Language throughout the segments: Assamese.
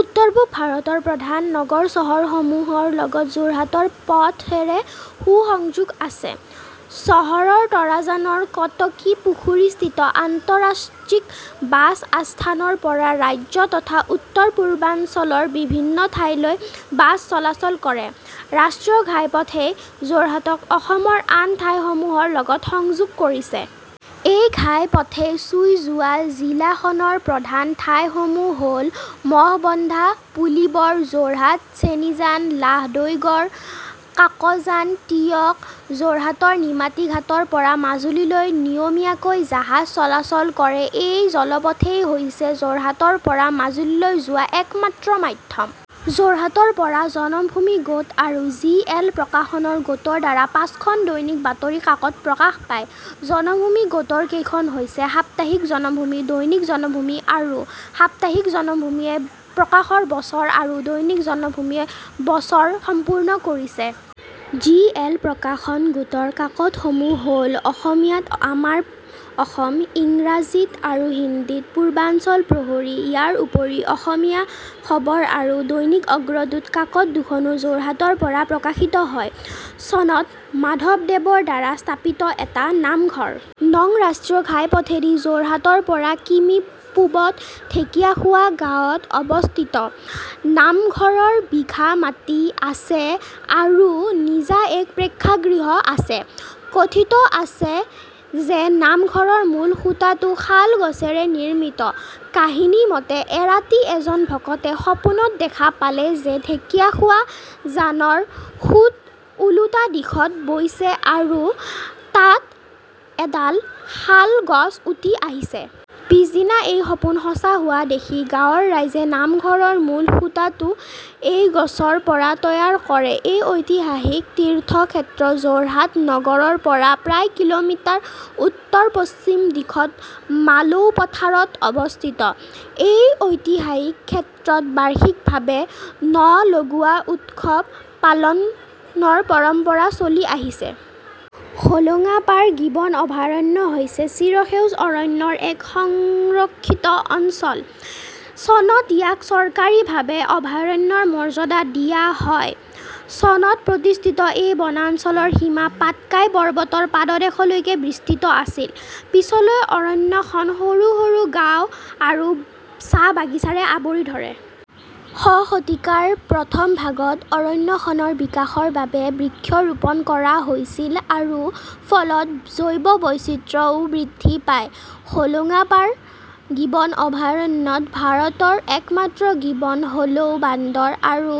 উত্তৰ-পূব ভাৰতৰ প্ৰধান নগৰ-চহৰসমূহৰ লগত যোৰহাটৰ পথেৰে সু-সংযোগ আছে। চহৰৰ তৰাজানৰ কটকীপুখুৰীস্থিত আন্তঃৰাজ্যিক বাছ আস্থানৰ পৰা ৰাজ্য তথা উত্তৰ পূৰ্বাঞ্চলৰ বিভিন্ন ঠাইলৈ বাছ চলাচল কৰে। ৰাষ্ট্ৰীয় ঘাইপথ -এ যোৰহাটক অসমৰ আন ঠাইসমূহৰ লগত সংযোগ কৰিছে। এই ঘাইপথে চুই যোৱা জিলাখনৰ প্ৰধান ঠাইসমূহ হ'ল- মহবন্ধা, পুলিবৰ, যোৰহাট, চেনিজান, লাহদৈগড়, কাকজান, টীয়ক যোৰহাটৰ নিমাতী ঘাট ৰ পৰা মাজুলী লৈ নিয়মীয়াকৈ জাহাজ চলাচল কৰে। এই জলপথেই হৈছে যোৰহাটৰ পৰা মাজুলীলৈ যোৱাৰ একমাত্ৰ মাধ্যম। যোৰহাটৰ পৰা জনমভূমি গোট আৰু জি. এল. প্ৰকাশন গোটৰ দ্বাৰা পাঁচখন দৈনিক বাতৰি কাকত প্ৰকাশ পায়। জনমভূমি গোটৰ কেইখন হৈছে- সাপ্তাহিক জনমভূমি, দৈনিক জনমভূমি আৰু ''। সাপ্তাহিক জনমভূমিয়ে প্ৰকাশৰ বছৰ আৰু দৈনিক জনমভূমিয়ে বছৰ সম্পূৰ্ণ কৰিছে। জি. এল. প্ৰকাশন গোটৰ কাকতসমূহ হ'ল- অসমীয়াত আমাৰ অসম, ইংৰাজীত আৰু হিন্দীত "পূৰ্বাঞ্চল প্ৰহৰী। " ইয়াৰোপৰি অসমীয়া খবৰ আৰু দৈনিক অগ্ৰদূত কাকত দুখনো যোৰহাটৰ পৰা প্ৰকাশিত হয়। চনত মাধৱদেৱ ৰ দ্বাৰা স্থাপিত এটা নামঘৰ। নং ৰাষ্ট্ৰীয় ঘাইপথেদি যোৰহাটৰ পৰা কি:মি: পূবত ঢেঁকীয়াখোৱা গাঁৱত অৱস্থিত। নামঘৰৰ বিঘা মাটি আছে আৰু নিজা এক প্ৰেক্ষাগৃহ আছে। কথিত আছে যে নামঘৰৰ মূল খুঁটাটো শাল গছেৰে নিৰ্মিত। কাহিনীমতে এৰাতি এজন ভকতে সপোনত দেখা পালে যে ঢেঁকীয়াখোৱা জানৰ সোঁত ওলোটা দিশত বৈছে আৰু তাত এডাল শাল গছ উটি আহিছে। পিছদিনা এই সপোন সঁচা হোৱা দেখি গাঁৱৰ ৰাইজে নামঘৰৰ মূল খুঁটাটো এই গছৰ পৰা তৈয়াৰ কৰে। এই ঐতিহাসিক তীৰ্থ ক্ষেত্ৰ যোৰহাট নগৰৰ পৰা প্ৰায় কিল'মিটাৰ উত্তৰ-পশ্চিম দিশত মালৌপথাৰত অৱস্থিত। এই ঐতিহাসিক ক্ষেত্ৰত বাৰ্ষিক ভাৱে 'ন-লগোৱা উৎসৱ' পালনৰ পৰম্পৰা চলি আহিছে। হোলোঙাপাৰ গিবন অভয়াৰণ্য হৈছে চিৰসেউজ অৰণ্যৰ এক সংৰক্ষিত অঞ্চল। চনত ইয়াক চৰকাৰীভাৱে অভয়াৰণ্যৰ মৰ্যাদা দিয়া হয়। চনত প্ৰতিষ্ঠিত এই বনাঞ্চলৰ সীমা পাটকাই পৰ্বতৰ পাদদেশলৈকে বিস্তৃত আছিল। পিছলৈ অৰণ্যখন সৰু সৰু গাঁও আৰু চাহ বাগানে আৱৰি ধৰে। শ শতিকাৰ প্ৰথম ভাগত অৰণ্যখনৰ বিকাশৰ বাবে বৃক্ষৰোপণ কৰা হৈছিল আৰু ফলত জৈৱ বৈচিত্ৰ্য ও বৃদ্ধি পায়। হোলোঙাপাৰ গিবন অভয়াৰণ্যত ভাৰতৰ একমাত্ৰ গিবন হলৌ বান্দৰ আৰু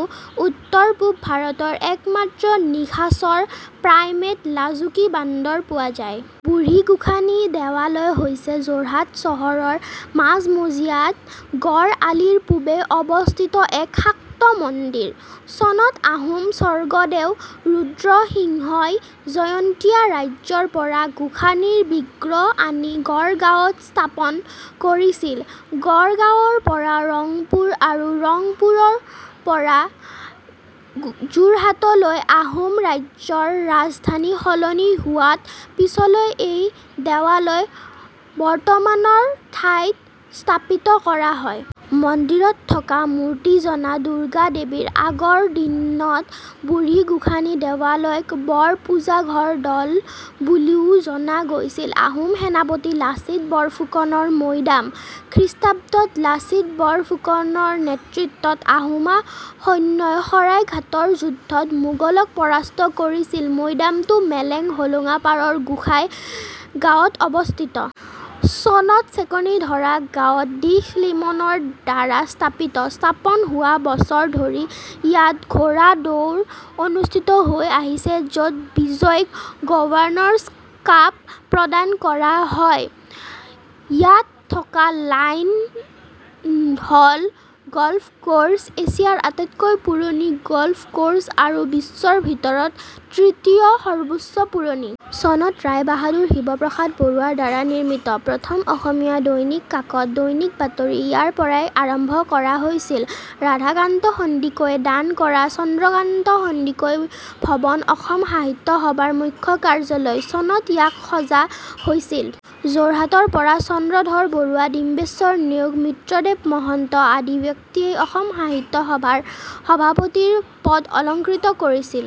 উত্তৰ-পূব ভাৰত ৰ একমাত্ৰ নিশাচৰ প্ৰাইমেট লাজুকী বান্দৰ পোৱা যায়। বুঢ়ীগোসানী দেৱালয় হৈছে যোৰহাট চহৰৰ মাজমজিয়াত গড় আলিৰ পূবে অৱস্থিত এক শাক্ত মন্দিৰ। চনত আহোম স্বৰ্গদেউ ৰুদ্ৰসিংহ ই জয়ন্তীয়া ৰাজ্যৰ পৰা গোসানীৰ বিগ্ৰহ আনি গড়গাঁৱত স্থাপন কৰিছিল। গড়গাঁৱৰ পৰা ৰংপুৰ আৰু ৰংপুৰৰ পৰা যোৰহাটলৈ আহোম ৰাজ্য ৰ ৰাজধানী সলনি হোৱাত পিছলৈ এই দেৱালয় বৰ্তমানৰ ঠাইত স্থাপিত কৰা হয়। মন্দিৰত থকা মূৰ্তিজনা দুৰ্গা দেৱীৰ। আগৰ দিনত বুঢ়ীগোসানী দেৱালয়ক "বৰপূজাঘৰ দ'ল" বুলিও জনা গৈছিল। আহোম সেনাপতি লাচিত বৰফুকন ৰ মৈদাম। খ্ৰীষ্টাব্দত লাচিত বৰফুকনৰ নেতৃত্বত আহোমা সৈন্যই শৰাইঘাটৰ যুদ্ধ ত মোগলক পৰাস্ত কৰিছিল। মৈদামটো মেলেং-হোলোঙাপাৰৰ গোঁহাই গাঁৱত অৱস্থিত। চনত চেকনীধৰা গাঁৱত ডি. স্লিমনৰ দ্বাৰা স্থাপিত। স্থাপন হোৱা বছৰ ধৰি ইয়াত ঘোঁৰা দৌৰ অনুষ্ঠিত হৈ আহিছে য'ত বিজয়ীক "গ'ভাৰ্ণৰছ কাপ" প্ৰদান কৰা হয়। ইয়াত থকা 'নাইন হ'ল গ'ল্ফ ক'ৰ্ছ' এছিয়াৰ আটাইতকৈ পুৰণি গ'ল্ফ ক'ৰ্ছ আৰু বিশ্বৰ ভিতৰত তৃতীয় সৰ্বোচ্চ পুৰণি। চনত ৰায়বাহাদুৰ শিৱপ্ৰসাদ বৰুৱাৰ দ্বাৰা নিৰ্মিত। প্ৰথম অসমীয়া দৈনিক কাকত 'দৈনিক বাতৰি' ইয়াৰপৰাই আৰম্ভ কৰা হৈছিল। ৰাধাকান্ত সন্দিকৈয়ে দান কৰা চন্দ্ৰকান্ত সন্দিকৈ ভৱন অসম সাহিত্য সভা ৰ মুখ্য কাৰ্যালয়। চনত ইয়াক সজা হৈছিল। যোৰহাটৰ পৰা চন্দ্ৰধৰ বৰুৱা, ডিম্বেশ্বৰ নেওগ, মিত্ৰদেৱ মহন্ত আদি ব্যক্তিয়ে অসম সাহিত্য সভাৰ সভাপতিৰ পদ অলঙ্কৃত কৰিছিল।